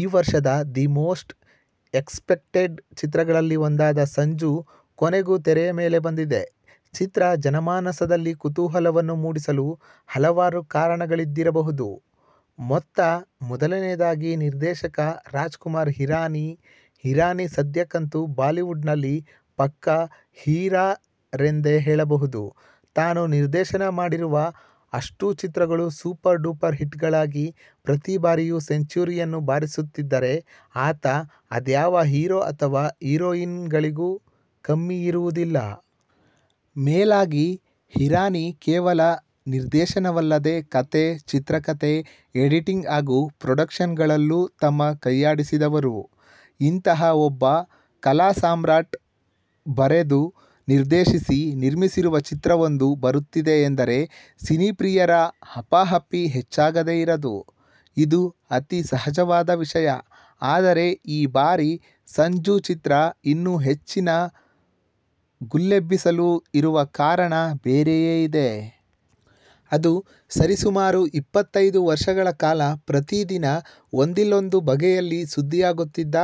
ಈ ವರ್ಷದ the most expected ಚಿತ್ರಗಳಲ್ಲಿ ಒಂದಾದ 'ಸಂಜು' ಕೊನೆಗೂ ತೆರೆಯ ಮೇಲೆ ಬಂದಿದೆ. ಚಿತ್ರ ಜನಮಾನಸದಲ್ಲಿ ಕುತೂಹಲವನ್ನು ಮೂಡಿಸಲು ಹಲವಾರು ಕಾರಣಗಳಿದ್ದಿರಬಹುದು. ಮೊತ್ತ ಮೊದಲನೆಯದಾಗಿ ನಿರ್ದೇಶಕ ರಾಜ್ಕುಮಾರ್ ಹಿರಾನಿ. ಹಿರಾನಿ ಸದ್ಯಕ್ಕಂತೂ ಬಾಲಿವುಡ್ ನಲ್ಲಿ ಪಕ್ಕ 'ಹೀರಾ' ರೆಂದೇ ಹೇಳಬಹುದು. ತಾನು ನಿರ್ದೇಶನ ಮಾಡಿರುವ ಅಷ್ಟೂ ಚಿತ್ರಗಳು ಸೂಪರ್ ಡೂಪರ್ ಹಿಟ್ ಗಳಾಗಿ ಪ್ರತಿ ಬಾರಿಯೂ ಸೆಂಚೂರಿಯನ್ನು ಬಾರಿಸುತ್ತಿದ್ದರೆ ಆತ ಅದ್ಯಾವ ಹೀರೊ ಅಥವಾ ಹೀರೋಯಿನ್ ಗಳಿಗೂ ಕಮ್ಮಿ ಇರುವುದಿಲ್ಲ. ಮೇಲಾಗಿ ಹಿರಾನಿ ಕೇವಲ ನಿರ್ದೇಶನವಲ್ಲದೆ ಕಥೆ, ಚಿತ್ರಕತೆ, ಎಡಿಟಿಂಗ್ ಹಾಗು ಪ್ರೊಡಕ್ಷನ್ ಗಳಲ್ಲೂ ತಮ್ಮ ಕೈಯಾಡಿಸಿದವರು. ಇಂತಹ ಒಬ್ಬ ಕಲಾಸಾಮ್ರಾಟ್ ಬರೆದು, ನಿರ್ದೇಶಿಸಿ ನಿರ್ಮಿಸಿರುವ ಚಿತ್ರವೊಂದು ಬರುತ್ತಿದೆ ಎಂದರೆ ಸಿನಿಪ್ರಿಯರ ಹಪಾಹಪಿ ಹೆಚ್ಚಾಗದೇ ಇರದು. ಇದು ಅತಿ ಸಹಜವಾದ ವಿಷಯ. ಆದರೆ ಈ ಬಾರಿ ಸಂಜು ಚಿತ್ರ ಇನ್ನೂ ಹೆಚ್ಚಿನ ಗುಲ್ಲೆಬ್ಬಿಸಲು ಇರುವ ಕಾರಣ ಬೇರೆಯೇ ಇದೆ. ಅದು ಸರಿಸುಮಾರು ಇಪ್ಪತ್ತೈದು ವರ್ಷಗಳ ಕಾಲ ಪ್ರತಿ ದಿನ ಒಂದಿಲ್ಲೊಂದು ಬಗೆಯಲ್ಲಿ ಸುದ್ದಿಯಾಗುತ್ತಿದ್ದ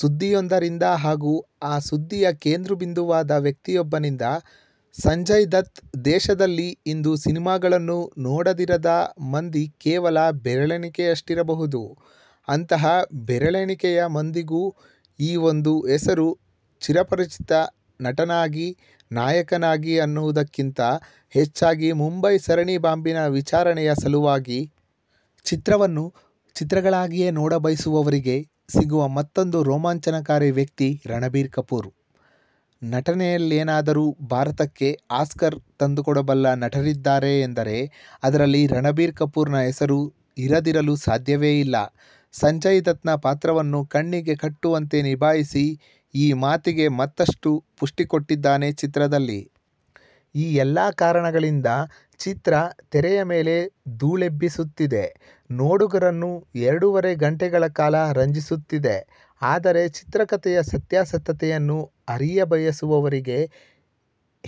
ಸುದ್ದಿಯೊಂದರಿಂದ ಹಾಗು ಆ ಸುದ್ದಿಯ ಕೇಂದ್ರಬಿಂದುವಾದ ವ್ಯಕ್ತಿಯೊಬ್ಬನಿಂದ. ಸಂಜಯ್ ದತ್ ದೇಶದಲ್ಲಿ ಇಂದು ಸಿನಿಮಾಗಳನ್ನು ನೋಡದಿರದ ಮಂದಿ ಕೇವಲ ಬೆರಳಣಿಕೆಯಷ್ಟಿರಬಹುದು. ಅಂತಹ ಬೆರಳೆಣಿಕೆಯ ಮಂದಿಗೂ ಈ ಒಂದು ಹೆಸರು ಚಿರಪರಿಚಿತ ನಟನಾಗಿ, ನಾಯಕನಾಗಿ ಅನ್ನುವುದಕ್ಕಿಂತ ಹೆಚ್ಚಾಗಿ ಮುಂಬೈ ಸರಣಿ ಬಾಂಬಿನ ವಿಚಾರಣೆಯ ಸಲುವಾಗಿ. ಚಿತ್ರವನ್ನು ಚಿತ್ರಗಳಾಗಿಯೇ ನೋಡಬಯಸುವವರಿಗೆ ಸಿಗುವ ಮತ್ತೊಂದು ರೋಮಾಂಚನಕಾರಿ ವ್ಯಕ್ತಿ ರಣಬೀರ್ ಕಪೂರ್. ನಟನೆಯಲ್ಲೇನಾದರೂ ಭಾರತಕ್ಕೆ ಆಸ್ಕರ್ ತಂದುಕೊಡಬಲ್ಲ ನಟರಿದ್ದಾರೆಂದರೆ ಆದರಲ್ಲಿ ರಣಬೀರ್ ಕಪೂರ್ನ ಹೆಸರು ಇರದಿರಲು ಸಾಧ್ಯವೇ ಇಲ್ಲ. ಸಂಜಯ್ ದತ್ ನ ಪಾತ್ರವನ್ನು ಕಣ್ಣಿಗೆ ಕಟ್ಟುವಂತೆ ನಿಭಾಯಿಸಿ ಈ ಮಾತಿಗೆ ಮತ್ತಷ್ಟು ಪುಷ್ಟಿಕೊಟ್ಟಿದ್ದಾನೆ ಚಿತ್ರದಲ್ಲಿ. ಈ ಎಲ್ಲ ಕಾರಣಗಳಿಂದ ಚಿತ್ರ ತೆರೆಯ ಮೇಲೆ ದೂಳೆಬ್ಬಿಸುತ್ತಿದೆ. ನೋಡುಗರನ್ನು ಎರಡೂವರೆ ಘಂಟೆಗಳ ಕಾಲ ರಂಜಿಸುತ್ತಿದೆ. ಆದರೆ ಚಿತ್ರಕತೆಯ ಸತ್ಯಾಸತ್ಯತೆಯನ್ನು ಅರಿಯಬಯಸುವವರಿಗೆ,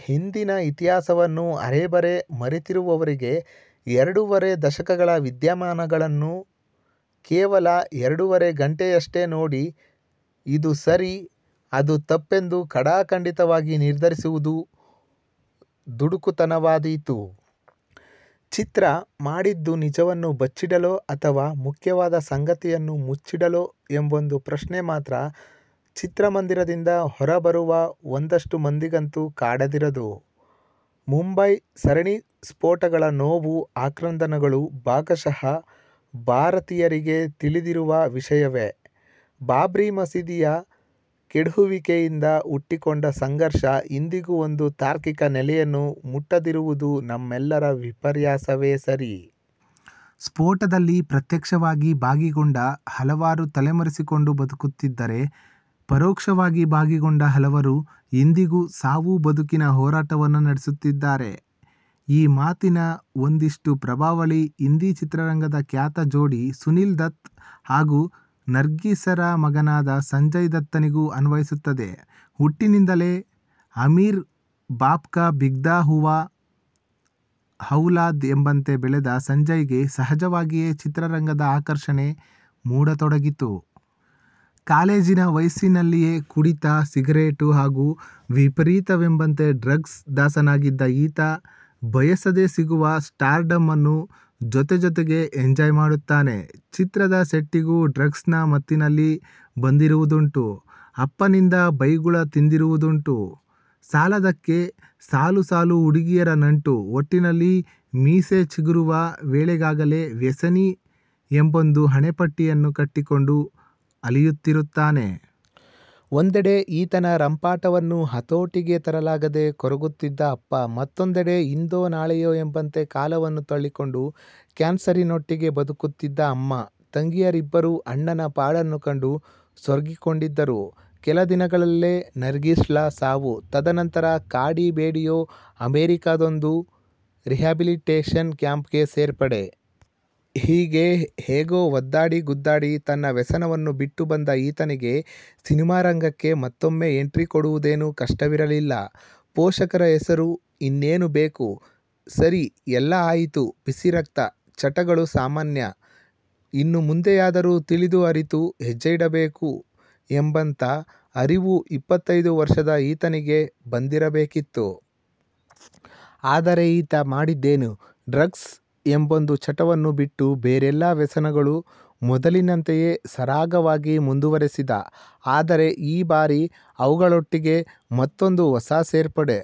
ಹಿಂದಿನ ಇತಿಹಾಸವನ್ನು ಅರೆಬರೆ ಮರೆತಿರುವವರಿಗೆ ಎರಡೂವರೆ ದಶಕಗಳ ವಿದ್ಯಮಾನಗಳನ್ನು ಕೇವಲ ಎರಡೂವರೆ ಘಂಟೆಯಷ್ಟೇ ನೋಡಿ ಇದು ಸರಿ ಅದು ತಪ್ಪೆಂದು ಖಡಾಖಂಡಿತವಾಗಿ ನಿರ್ಧರಿಸುವುದು ದುಡುಕುತನವಾದೀತು. ಚಿತ್ರ ಮಾಡಿದ್ದು ನಿಜವನ್ನು ಬಿಚ್ಚಿಡಲೋ ಅಥವಾ ಮುಖ್ಯವಾದ ಸಂಗತಿಯನ್ನು ಮುಚ್ಚಿಡಲೋ ಎಂಬೊಂದು ಪ್ರಶ್ನೆ ಮಾತ್ರ ಚಿತ್ರಮಂದಿರದಿಂದ ಹೊರಬರುವ ಒಂದಿಷ್ಟು ಮಂದಿಗಂತೂ ಕಾಡದಿರದು. ಮುಂಬೈ ಸರಣಿ ಸ್ಫೋಟಗಳ ನೋವು ಆಕ್ರಂದನಗಳು ಭಾಗಶಃ ಭಾರತೀಯರಿಗೆ ತಿಳಿದಿರುವ ವಿಷಯವೇ. ಬಾಬ್ರಿ ಮಸೀದಿಯ ಕೆಡಹುವಿಕೆಯಿಂದ ಹುಟ್ಟಿಕೊಂಡ ಸಂಘರ್ಷ ಇಂದಿಗೂ ಒಂದು ತಾರ್ಕಿಕ ನೆಲೆಯನ್ನು ಮುಟ್ಟದಿರುವುದು ನಮ್ಮೆಲ್ಲರ ವಿಪರ್ಯಾಸವೇ ಸರಿ. ಸ್ಪೋಟದಲ್ಲಿ ಪ್ರತ್ಯಕ್ಷವಾಗಿ ಭಾಗಿಗೊಂಡ ಹಲವಾರು ತಲೆಮರೆಸಿಕೊಂಡು ಬದುಕುತ್ತಿದ್ದರೆ ಪರೋಕ್ಷವಾಗಿ ಭಾಗಿಗೊಂಡ ಹಲವರು ಇಂದಿಗೂ ಸಾವು ಬದುಕಿನ ಹೋರಾಟವನ್ನು ನಡೆಸುತ್ತಿದ್ದಾರೆ. ಈ ಮಾತಿನ ಒಂದಿಷ್ಟು ಪ್ರಭಾವಳಿ ಹಿಂದಿ ಚಿತ್ರರಂಗದ ಖ್ಯಾತ ಜೋಡಿ ಸುನಿಲ್ ದತ್ ಹಾಗು ನರ್ಗೀಸರ ಮಗನಾದ ಸಂಜಯ್ ದತ್ ನಿಗೂ ಅನ್ವಯಿಸುತ್ತದೆ. ಹುಟ್ಟಿನಿಂದಲೇ ಅಮೀರ್ ಬಾಪ್ ಕ ಬಿಗ್ದಾ ಹೂವಾ ಔಲಾದ್ ಎಂಬಂತೆ ಬೆಳೆದ ಸಂಜಯ್ಗೆ ಸಹಜವಾಗಿಯೇ ಚಿತ್ರರಂಗದ ಆಕರ್ಷಣೆ ಮೂಡತೊಡಗಿತು. ಕಾಲೇಜಿನ ವಯಸ್ಸಿನಲ್ಲಿಯೇ ಕುಡಿತ, ಸಿಗರೇಟು ಹಾಗು ವಿಪರೀತವೆಂಬಂತೆ ಡ್ರಗ್ಸ್ ದಾಸನಾಗಿದ್ದ ಈತ ಬಯಸದೆ ಸಿಗುವ ಸ್ಟಾರ್ ಡಮ್ ಅನ್ನು ಜೊತೆಜೊತೆಗೆ ಎಂಜಾಯ್ ಮಾಡುತ್ತಾನೆ. ಚಿತ್ರದ ಸೆಟ್ಟಿಗೂ ಡ್ರಗ್ಸ್ ನ ಮತ್ತಿನಲ್ಲಿ ಬಂದಿರುವುದುಂಟು. ಅಪ್ಪನಿಂದ ಬೈಗುಳ ತಿಂದಿರುವುದುಂಟು. ಸಾಲದಕ್ಕೆ ಸಾಲು ಸಾಲು ಹುಡುಗಿಯರ ನಂಟು. ಒಟ್ಟಿನಲ್ಲಿ ಮೀಸೆಚಿಗುರುವ ವೇಳೆಗಾಗಲೇ ವ್ಯಸನಿ ಎಂಬೊಂದು ಹಣೆಪಟ್ಟಿಯನ್ನು ಕಟ್ಟಿಕೊಂಡು ಅಲೆಯುತ್ತಿರುತ್ತಾನೆ. ಒಂದೆಡೆ ಈತನ ರಂಪಾಟವನ್ನು ಹತೋಟಿಗೆ ತರಲಾಗದೆ ಕೊರಗುತ್ತಿದ್ದ ಅಪ್ಪ ಮತ್ತೊಂದೆಡೆ ಇಂದೋ ನಾಳೆಯೋ ಎಂಬಂತೆ ಕಾಲವನ್ನು ತಳ್ಳಿಕೊಂಡು ಕ್ಯಾನ್ಸರಿನೊಟ್ಟಿಗೆ ಬದುಕುತ್ತಿದ್ದ ಅಮ್ಮ. ತಂಗಿಯರಿಬ್ಬರೂ ಅಣ್ಣನ ಪಾಡನ್ನು ಕಂಡು ಸೊರಗಿಕೊಂಡಿದ್ದರು. ಕೆಲ ದಿನಗಳಲ್ಲೇ ನರ್ಗೀಸ್ ಳ ಸಾವು. ತದನಂತರ ಕಾಡಿ ಬೇಡಿಯೋ ಅಮೆರಿಕದೊಂದು ರಿಹ್ಯಾಬಿಲಿಟೇಷನ್ ಕ್ಯಾಂಪ್ಗೆ ಸೇರ್ಪಡೆ. ಹೀಗೆ ಹೇಗೋ ಒದ್ದಾಡಿ ಗುದ್ದಾಡಿ ತನ್ನ ವ್ಯಸನವನ್ನು ಬಿಟ್ಟು ಬಂದ ಈತನಿಗೆ ಸಿನಿಮಾರಂಗಕ್ಕೆ ಮತ್ತೊಮ್ಮೆ ಎಂಟ್ರಿ ಕೊಡುವುದೇನು ಕಷ್ಟವಿರಲಿಲ್ಲ. ಪೋಷಕರ ಹೆಸರು. ಇನ್ನೇನು ಬೇಕು. ಸರಿ ಎಲ್ಲ ಆಯಿತು, ಬಿಸಿ ರಕ್ತ. ಚಟಗಳು ಸಾಮಾನ್ಯ. ಇನ್ನು ಮುಂದೆಯಾದರೂ ತಿಳಿದು ಅರಿತು ಹೆಜ್ಜೆಯಿಡಬೇಕು ಎಂಬಂತ ಅರಿವು ಇಪ್ಪತ್ತೈದು ವರ್ಷದ ಈತನಿಗೆ ಬಂದಿರಬೇಕಿತ್ತು. ಆದರೆ ಈತ ಮಾಡಿದ್ದೇನು ಡ್ರಗ್ಸ್ ಎಂಬೊಂದು ಚಟವನ್ನು ಬಿಟ್ಟು ಬೇರೆಲ್ಲ ವ್ಯಸನಗಳು ಮೊದಲಿನಂತೆಯೇ ಸರಾಗವಾಗಿ ಮುಂದುವರೆಸಿದ. ಆದರೆ ಈ ಬಾರಿ ಅವುಗಳೊಟ್ಟಿಗೆ ಮತ್ತೊಂದು ಹೊಸ ಸೇರ್ಪಡೆ.